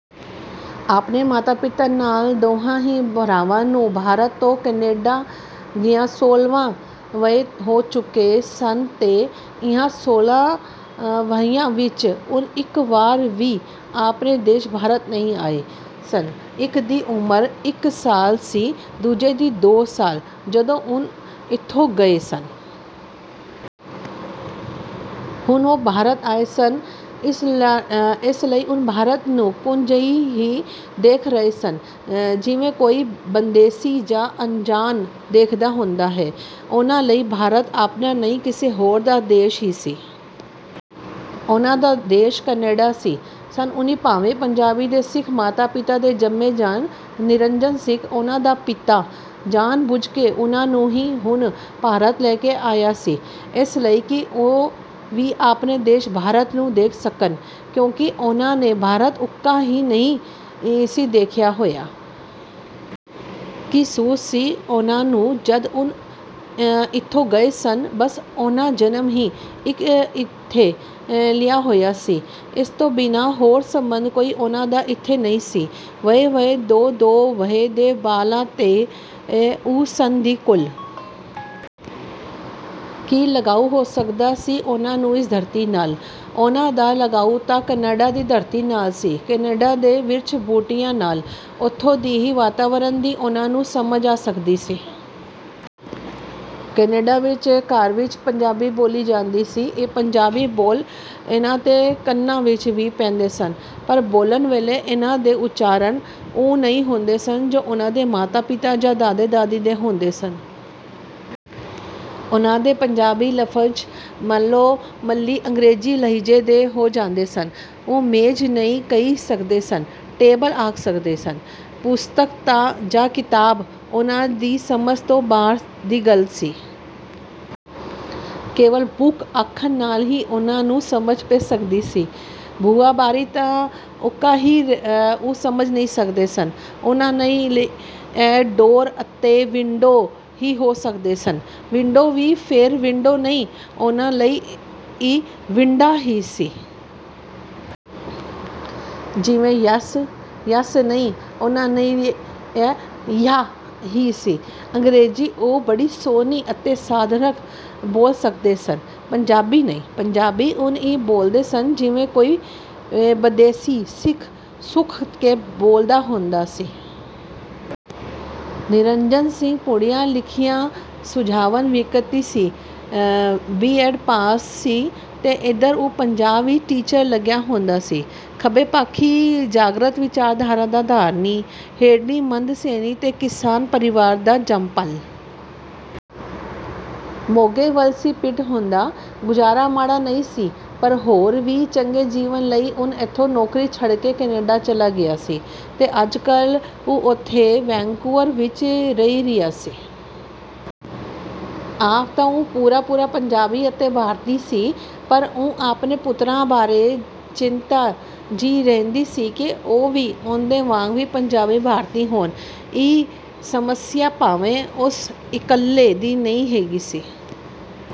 ਆਪਣੇ ਮਾਤਾ-ਪਿਤਾ ਨਾਲ ਦੋਹਾਂ ਹੀ ਭਰਾਵਾਂ ਨੂੰ ਭਾਰਤ ਤੋਂ ਕੈਨੇਡਾ ਗਿਆਂ ਸੋਲ੍ਹਾਂ ਵਰ੍ਹੇ ਹੋ ਚੁੱਕੇ ਸਨ ਤੇ ਇਹਨਾਂ ਸੋਲਾਂ ਵਰ੍ਹਿਆਂ ਵਿਚ ਉਹ ਇਕ ਵਾਰ ਵੀ ਆਪਣੇ ਦੇਸ਼ ਭਾਰਤ ਨਹੀਂ ਆਏ ਸਨ। ਇਕ ਦੀ ਉਮਰ ਇਕ ਸਾਲ ਸੀ, ਦੂਜੇ ਦੀ ਦੋ ਸਾਲ ਦੀ, ਜਦੋਂ ਉਹ ਏਥੋਂ ਗਏ ਸਨ। ਹੁਣ ਉਹ ਭਾਰਤ ਆਏ ਸਨ। ਇਸ ਲਈ ਉਹ ਭਾਰਤ ਨੂੰ ਕੁੱਝ ਇਉਂ ਹੀ ਦੇਖ ਰਹੇ ਸਨ ਜਿਵੇਂ ਕੋਈ ਬਦੇਸ਼ੀ ਜਾਂ ਅਨਜਾਨ ਦੇਖਦਾ ਹੁੰਦਾ ਹੈ। ਉਹਨਾਂ ਲਈ ਭਾਰਤ ਆਪਣਾ ਨਹੀਂ ਕਿਸੇ ਹੋਰ ਦਾ ਦੇਸ਼ ਹੀ ਸੀ। ਉਹਨਾਂ ਦਾ ਦੇਸ਼ ਕੈਨੇਡਾ ਸੀ। ਸਨ ਉਹ ਭਾਵੇਂ ਪੰਜਾਬੀ ਤੇ ਸਿੱਖ ਮਾਤਾ-ਪਿਤਾ ਦੇ ਜੰਮੇ ਜਾਏ। ਨਿਰੰਜਨ ਸਿੰਘ, ਉਹਨਾਂ ਦਾ ਪਿਤਾ ਜਾਣ-ਬੁੱਝ ਕੇ ਉਹਨਾਂ ਨੂੰ ਹੁਣ ਭਾਰਤ ਲੈ ਕੇ ਆਇਆ ਸੀ। ਇਸ ਲਈ ਕਿ ਉਹ ਵੀ ਆਪਣੇ ਦੇਸ਼ ਭਾਰਤ ਨੂੰ ਦੇਖ ਸਕਣ ਕਿਉਂਕਿ ਉਹਨਾਂ ਨੇ ਭਾਰਤ ਉਕਾ ਹੀ ਨਹੀਂ ਸੀ ਦੇਖਿਆ ਹੋਇਆ। ਕੀ ਸੂਝ ਸੀ ਉਹਨਾਂ ਨੂੰ ਜਦ ਉਹ ਏਥੋਂ ਗਏ ਸਨ? ਬਸ, ਉਹਨਾਂ ਜਨਮ ਹੀ ਇਕ ਏਥੇ ਲਿਆ ਹੋਇਆ ਸੀ। ਇਸ ਤੋਂ ਬਿਨਾਂ ਹੋਰ ਸੰਬੰਧ ਕੋਈ ਉਹਨਾਂ ਦਾ ਏਥੇ ਨਹੀਂ ਸੀ। ਵਰ੍ਹਾ-ਵਰ੍ਹਾ, ਦੋ -ਦੋ ਵਰ੍ਹੇ ਦੇ ਬਾਲ ਤਾਂ ਉਹ ਸਨ ਹੀ ਕੁੱਲ। ਕੀ ਲਗਾਊ ਹੋ ਸਕਦਾ ਸੀ ਉਹਨਾਂ ਨੂੰ ਇਸ ਧਰਤੀ ਨਾਲ? ਉਹਨਾਂ ਦਾ ਲਗਾਉ ਤਾਂ ਕੈਨੇਡਾ ਦੀ ਧਰਤੀ ਨਾਲ ਸੀ, ਕੈਨੇਡਾ ਦੇ ਬਿਰਛ-ਬੂਟਿਆਂ ਨਾਲ। ਉਥੋਂ ਦੇ ਹੀ ਵਾਤਾਵਰਣ ਦੀ ਉਹਨਾਂ ਨੂੰ ਸਮਝ ਆ ਸਕਦੀ ਸੀ। ਕੈਨੇਡਾ ਵਿਚ, ਘਰ ਵਿਚ, ਪੰਜਾਬੀ ਬੋਲੀ ਜਾਂਦੀ ਸੀ। ਇਹ ਪੰਜਾਬੀ ਬੋਲ ਇਹਨਾਂ ਦੇ ਕੰਨਾਂ ਵਿਚ ਵੀ ਪੈਂਦੇ ਸਨ ਪਰ ਬੋਲਣ ਵੇਲੇ ਇਹਨਾਂ ਦੇ ਉਚਾਰਨ ਉਹ ਨਹੀਂ ਹੁੰਦੇ ਸਨ ਜੋ ਉਹਨਾਂ ਦੇ ਮਾਤਾ-ਪਿਤਾ ਜਾਂ ਦਾਦੇ-ਦਾਦੀ ਦੇ ਹੁੰਦੇ ਸਨ। ਉਹਨਾਂ ਦੇ ਪੰਜਾਬੀ ਲਫ਼ਜ਼ ਮੰਲੋ-ਮੱਲੀ ਅੰਗਰੇਜ਼ੀ ਲਹਿਜ਼ੇ ਦੇ ਹੋ ਜਾਂਦੇ ਸਨ। ਉਹ ਮੇਜ਼ ਨਹੀਂ ਕਹਿ ਸਕਦੇ ਸਨ, ਟੇਬਲ ਆਖ ਸਕਦੇ ਸਨ। ਪੁਸਤਕ ਜਾਂ ਕਿਤਾਬ ਉਹਨਾਂ ਦੀ ਸਮਝ ਤੋਂ ਬਾਹਰ ਦੀ ਗੱਲ ਸੀ। ਕੇਵਲ ਬੁੱਕ ਆਖਣ ਨਾਲ ਹੀ ਉਹਨਾਂ ਨੂੰ ਸਮਝ ਪੈ ਸਕਦੀ ਸੀ। ਬੂਹਾ, ਬਾਰੀ ਤਾਂ ਉਕਾ ਹੀ ਉਹ ਸਮਝ ਨਹੀਂ ਸਕਦੇ ਸਨ। ਉਹਨਾਂ ਲਈ ਇਹ ਡੋਰ ਅਤੇ ਵਿੰਡੋ ਹੀ ਹੋ ਸਕਦੇ ਸਨ। ਵਿੰਡੋ ਵੀ ਫੇਰ ਵਿੰਡੋ ਨਹੀਂ, ਉਹਨਾਂ ਲਈ ਇਹ "ਵਿੰਡਾ" ਹੀ ਸੀ। ਜਿਵੇਂ ਯੈਸ? ਯੈਸ ਨਹੀਂ, ਉਹਨਾਂ ਲਈ ਇਹ "ਯਾਅ" ਹੀ ਸੀ। ਅੰਗਰੇਜ਼ੀ ਉਹ ਬੜੀ ਸੋਹਣੀ ਅਤੇ ਸਥਾਨਕ ਬੋਲ ਸਕਦੇ ਸਨ, ਪੰਜਾਬੀ ਨਹੀਂ। ਪੰਜਾਬੀ ਉਹ ਇਉਂ ਬੋਲਦੇ ਸਨ ਜਿਵੇਂ ਕੋਈ ਬਦੇਸ਼ੀ ਸਿੱਖ-ਸੁੱਖ ਕੇ ਬੋਲਦਾ ਹੁੰਦਾ ਸੀ। ਨਿਰੰਜਣ ਸਿੰਘ ਪੜ੍ਹਿਆ ਲਿਖਿਆ ਸੂਝਵਾਨ ਵਿਅਕਤੀ ਸੀ। B. A. B. Ed pass ਸੀ ਤੇ ਏਧਰ ਉਹ ਪੰਜਾਬ ਵਿਚ ਟੀਚਰ ਲੱਗਾ ਹੁੰਦਾ ਸੀ। ਖੱਬੇ ਪੱਖੀ ਜਾਗ੍ਰਤ ਵਿਚਾਰਧਾਰਾ ਦਾ ਧਾਰਨੀ। ਹੇਠਲੀ ਮੱਧ ਸ਼੍ਰੇਣੀ ਦੇ ਕਿਸਾਨ ਪਰਿਵਾਰ ਦਾ ਜੰਮਪਲ। ਮੋਗੇ ਵੱਲ ਸੀ ਪਿੰਡ ਉਹਦਾ। ਗੁਜ਼ਾਰਾ ਮਾੜਾ ਨਹੀਂ ਸੀ, ਪਰ ਹੋਰ ਵੀ ਚੰਗੇ ਜੀਵਨ ਲਈ ਉਹ ਏਥੋਂ ਨੌਕਰੀ ਛੱਡ ਕੇ ਕੈਨੇਡਾ ਚਲਾ ਗਿਆ ਸੀ ਤੇ ਅੱਜਕੱਲ੍ਹ ਉਹ ਉਥੇ ਵੈਨਕੂਵਰ ਵਿਚ ਰਹਿ ਰਿਹਾ ਸੀ। ਆਪ ਤਾਂ ਉਹ ਪੂਰਾ-ਪੂਰਾ ਪੰਜਾਬੀ ਅਤੇ ਭਾਰਤੀ ਸੀ ਪਰ ਉਹਨੂੰ ਆਪਣੇ ਪੁੱਤਰਾਂ ਬਾਰੇ ਚਿੰਤਾ ਜਿਹੀ ਰਹਿੰਦੀ ਸੀ ਕਿ ਉਹ ਵੀ ਉਹਦੇ ਵਾਂਗ ਵੀ ਪੰਜਾਬੀ ਭਾਰਤੀ ਹੋਣ। ਇਹ ਸਮੱਸਿਆ ਭਾਵੇਂ ਉਸ ਇਕੱਲੇ ਦੀ ਹੀ ਨਹੀਂ ਸੀ।